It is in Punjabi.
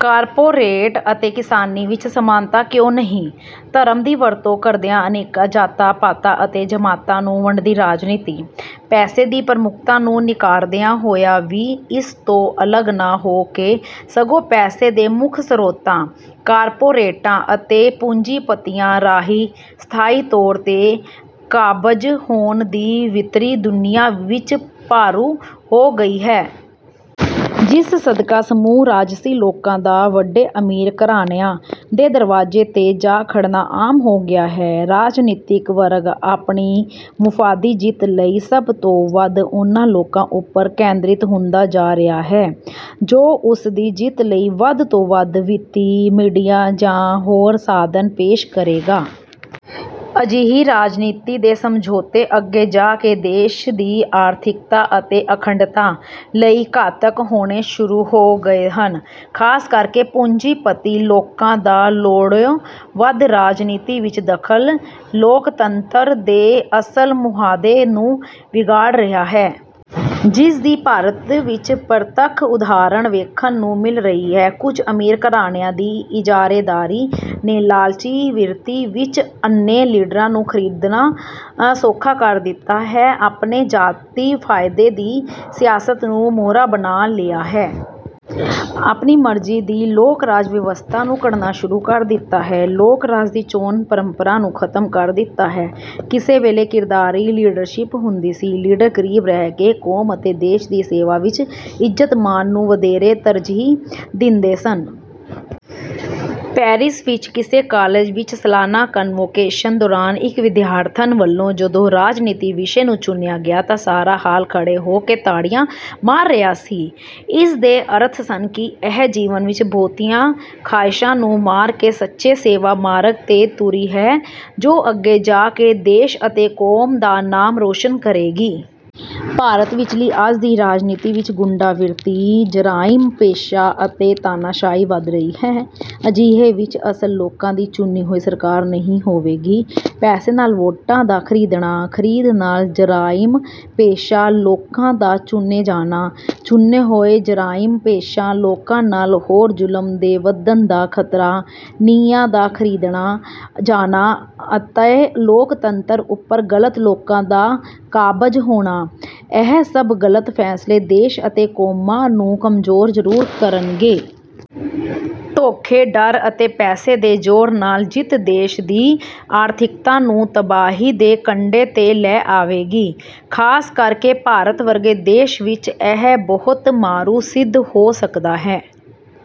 ਕਾਰਪੋਰੇਟ ਅਤੇ ਕਿਸਾਨੀ ਵਿੱਚ ਸਮਾਨਤਾ ਕਿਉਂ ਨਹੀਂ? ਧਰਮ ਦੀ ਵਰਤੋਂ ਕਰਦਿਆਂ ਅਨੇਕਾਂ ਜਾਤਾਂ, ਪਾਤਾਂ ਅਤੇ ਜ਼ਮਾਤਾਂ ਨੂੰ ਵੰਡਦੀ ਰਾਜਨੀਤੀ, ਪੈਸੇ ਦੀ ਪ੍ਰਮੁੱਖਤਾ ਨੂੰ ਨਿਕਾਰਦਿਆਂ ਹੋਇਆਂ ਵੀ ਇਸ ਤੋਂ ਅਲੱਗ ਨਾ ਹੋ ਕੇ ਸਗੋਂ ਪੈਸੇ ਦੇ ਮੁੱਖ ਸਰੋਤਾਂ, ਕਾਰਪੋਰੇਟਾਂ ਅਤੇ ਪੂੰਜੀਪਤੀਆਂ ਰਾਹੀਂ ਸਥਾਈ ਤੌਰ 'ਤੇ ਕਾਬਜ਼ ਹੋਣ ਦੀ ਬਿਰਤੀ ਦੁਨੀਆ ਵਿੱਚ ਭਾਰੂ ਹੋ ਗਈ ਹੈ। ਜਿਸ ਸਦਕਾ ਸਮੂਹ ਰਾਜਸੀ ਲੋਕਾਂ ਦਾ ਵੱਡੇ ਅਮੀਰ ਘਰਾਣਿਆਂ ਦੇ ਦਰਵਾਜ਼ੇ 'ਤੇ ਜਾ ਖੜ੍ਹਨਾ ਆਮ ਹੋ ਗਿਆ ਹੈ। ਰਾਜਨੀਤਿਕ ਵਰਗ ਆਪਣੀ ਮੁਫ਼ਾਦੀ ਜਿੱਤ ਲਈ ਸਭ ਤੋਂ ਵੱਧ ਉਹਨਾਂ ਲੋਕਾਂ ਉੱਪਰ ਕੇਂਦਰਿਤ ਹੁੰਦਾ ਜਾ ਰਿਹਾ ਹੈ, ਜੋ ਉਸ ਦੀ ਜਿੱਤ ਲਈ ਵੱਧ ਤੋਂ ਵੱਧ ਵਿੱਤੀ, ਮੀਡੀਆ ਜਾਂ ਹੋਰ ਸਾਧਨ ਪੇਸ਼ ਕਰੇਗਾ। ਅਜਿਹੀ ਰਾਜਨੀਤੀ ਦੇ ਸਮਝੌਤੇ ਅੱਗੇ ਜਾ ਕੇ ਦੇਸ਼ ਦੀ ਆਰਥਿਕਤਾ ਅਤੇ ਅਖੰਡਤਾ ਲਈ ਘਾਤਕ ਹੋਣੇ ਸ਼ੁਰੂ ਹੋ ਗਏ ਹਨ। ਖ਼ਾਸ ਕਰਕੇ ਪੂੰਜੀਪਤੀ ਲੋਕਾਂ ਦਾ ਲੋੜੋਂ ਵੱਧ ਰਾਜਨੀਤੀ ਵਿੱਚ ਦਖ਼ਲ ਲੋਕਤੰਤਰ ਦੇ ਅਸਲ ਮੁਹਾਂਦਰੇ ਨੂੰ ਵਿਗਾੜ ਰਿਹਾ ਹੈ। ਜਿਸ ਦੀ ਭਾਰਤ ਵਿੱਚ ਪ੍ਰਤੱਖ ਉਦਾਹਰਨ ਵੇਖਣ ਨੂੰ ਮਿਲ ਰਹੀ ਹੈ। ਕੁਝ ਅਮੀਰ ਘਰਾਣਿਆਂ ਦੀ ਇਜਾਰੇਦਾਰੀ ਨੇ ਲਾਲਚੀ ਬਿਰਤੀ ਵਿੱਚ ਅੰਨ੍ਹੇ ਲੀਡਰਾਂ ਨੂੰ ਖਰੀਦਣਾ ਸੌਖਾ ਕਰ ਦਿੱਤਾ ਹੈ। ਆਪਣੇ ਜਾਤੀ ਫ਼ਾਇਦੇ ਦੀ ਸਿਆਸਤ ਨੂੰ ਮੋਹਰਾ ਬਣਾ ਲਿਆ ਹੈ। ਆਪਣੀ ਮਰਜ਼ੀ ਦੀ ਲੋਕਰਾਜ ਵਿਵਸਥਾ ਨੂੰ ਘੜਨਾ ਸ਼ੁਰੂ ਕਰ ਦਿੱਤਾ ਹੈ। ਲੋਕ-ਰਾਜ ਦੀ ਚੋਣ ਪ੍ਰੰਪਰਾ ਨੂੰ ਖ਼ਤਮ ਕਰ ਦਿੱਤਾ ਹੈ। ਕਿਸੇ ਵੇਲੇ ਕਿਰਦਾਰੀ ਲੀਡਰਸ਼ਿਪ ਹੁੰਦੀ ਸੀ। ਲੀਡਰ ਗਰੀਬ ਰਹਿ ਕੇ ਕੌਮ ਅਤੇ ਦੇਸ਼ ਦੀ ਸੇਵਾ ਵਿੱਚ ਇੱਜ਼ਤ-ਮਾਣ ਨੂੰ ਵਧੇਰੇ ਤਰਜੀਹ ਦਿੰਦੇ ਸਨ। ਪੈਰਿਸ ਵਿੱਚ ਕਿਸੇ ਕਾਲਜ ਵਿੱਚ ਸਾਲਾਨਾ ਕਨਵੋਕੇਸ਼ਨ ਦੌਰਾਨ ਇੱਕ ਵਿਦਿਆਰਥਣ ਵੱਲੋਂ ਜਦੋਂ ਰਾਜਨੀਤੀ ਵਿਸ਼ੇ ਨੂੰ ਚੁਣਿਆ ਗਿਆ ਤਾਂ ਸਾਰਾ ਹਾਲ ਖੜ੍ਹੇ ਹੋ ਕੇ ਤਾੜੀਆਂ ਮਾਰ ਰਿਹਾ ਸੀ। ਇਸ ਦੇ ਅਰਥ ਸਨ ਕਿ ਇਹ ਜੀਵਨ ਵਿੱਚ ਬਹੁਤੀਆਂ ਖ਼ਾਹਿਸ਼ਾਂ ਨੂੰ ਮਾਰ ਕੇ ਸੱਚੇ ਸੇਵਾ ਮਾਰਗ 'ਤੇ ਤੁਰੀ ਹੈ, ਜੋ ਅੱਗੇ ਜਾ ਕੇ ਦੇਸ਼ ਅਤੇ ਕੌਮ ਦਾ ਨਾਮ ਰੌਸ਼ਨ ਕਰੇਗੀ। ਭਾਰਤ ਵਿਚਲੀ ਅੱਜ ਦੀ ਰਾਜਨੀਤੀ ਵਿੱਚ ਗੁੰਡਾ ਬਿਰਤੀ, ਜ਼ਰਾਇਮ-ਪੇਸ਼ਾ ਅਤੇ ਤਾਨਾਸ਼ਾਹੀ ਵੱਧ ਰਹੀ ਹੈ। ਅਜਿਹੇ ਵਿੱਚ ਅਸਲ ਲੋਕਾਂ ਦੀ ਚੁਣੀ ਹੋਈ ਸਰਕਾਰ ਨਹੀਂ ਹੋਵੇਗੀ। ਪੈਸੇ ਨਾਲ ਵੋਟਾਂ ਦਾ ਖਰੀਦਣਾ, ਖਰੀਦ ਨਾਲ ਜ਼ਰਾਇਮ-ਪੇਸ਼ਾ ਲੋਕਾਂ ਦਾ ਚੁਣੇ ਜਾਣਾ, ਚੁਣੇ ਹੋਏ ਜ਼ਰਾਇਮ-ਪੇਸ਼ਾ ਲੋਕਾਂ ਨਾਲ ਹੋਰ ਜ਼ੁਲਮ ਦੇ ਵੱਧਣ ਦਾ ਖ਼ਤਰਾ, ਨਿਆਂ ਦਾ ਖਰੀਦਿਆ ਜਾਣਾ ਅਤੇ ਲੋਕਤੰਤਰ ਉੱਪਰ ਗਲਤ ਲੋਕਾਂ ਦਾ ਕਾਬਜ਼ ਹੋਣਾ, ਇਹ ਸਭ ਗਲਤ ਫ਼ੈਸਲੇ ਦੇਸ਼ ਅਤੇ ਕੌਮਾਂ ਨੂੰ ਕਮਜ਼ੋਰ ਜ਼ਰੂਰ ਕਰਨਗੇ। ਧੋਖੇ, ਡਰ ਅਤੇ ਪੈਸੇ ਦੇ ਜ਼ੋਰ ਨਾਲ ਜਿੱਤ ਦੇਸ਼ ਦੀ ਆਰਥਿਕਤਾ ਨੂੰ ਤਬਾਹੀ ਦੇ ਕੰਢੇ 'ਤੇ ਲੈ ਆਵੇਗੀ। ਖ਼ਾਸ ਕਰਕੇ ਭਾਰਤ ਵਰਗੇ ਦੇਸ਼ ਵਿੱਚ ਇਹ ਬਹੁਤ ਮਾਰੂ ਸਿੱਧ ਹੋ ਸਕਦਾ ਹੈ।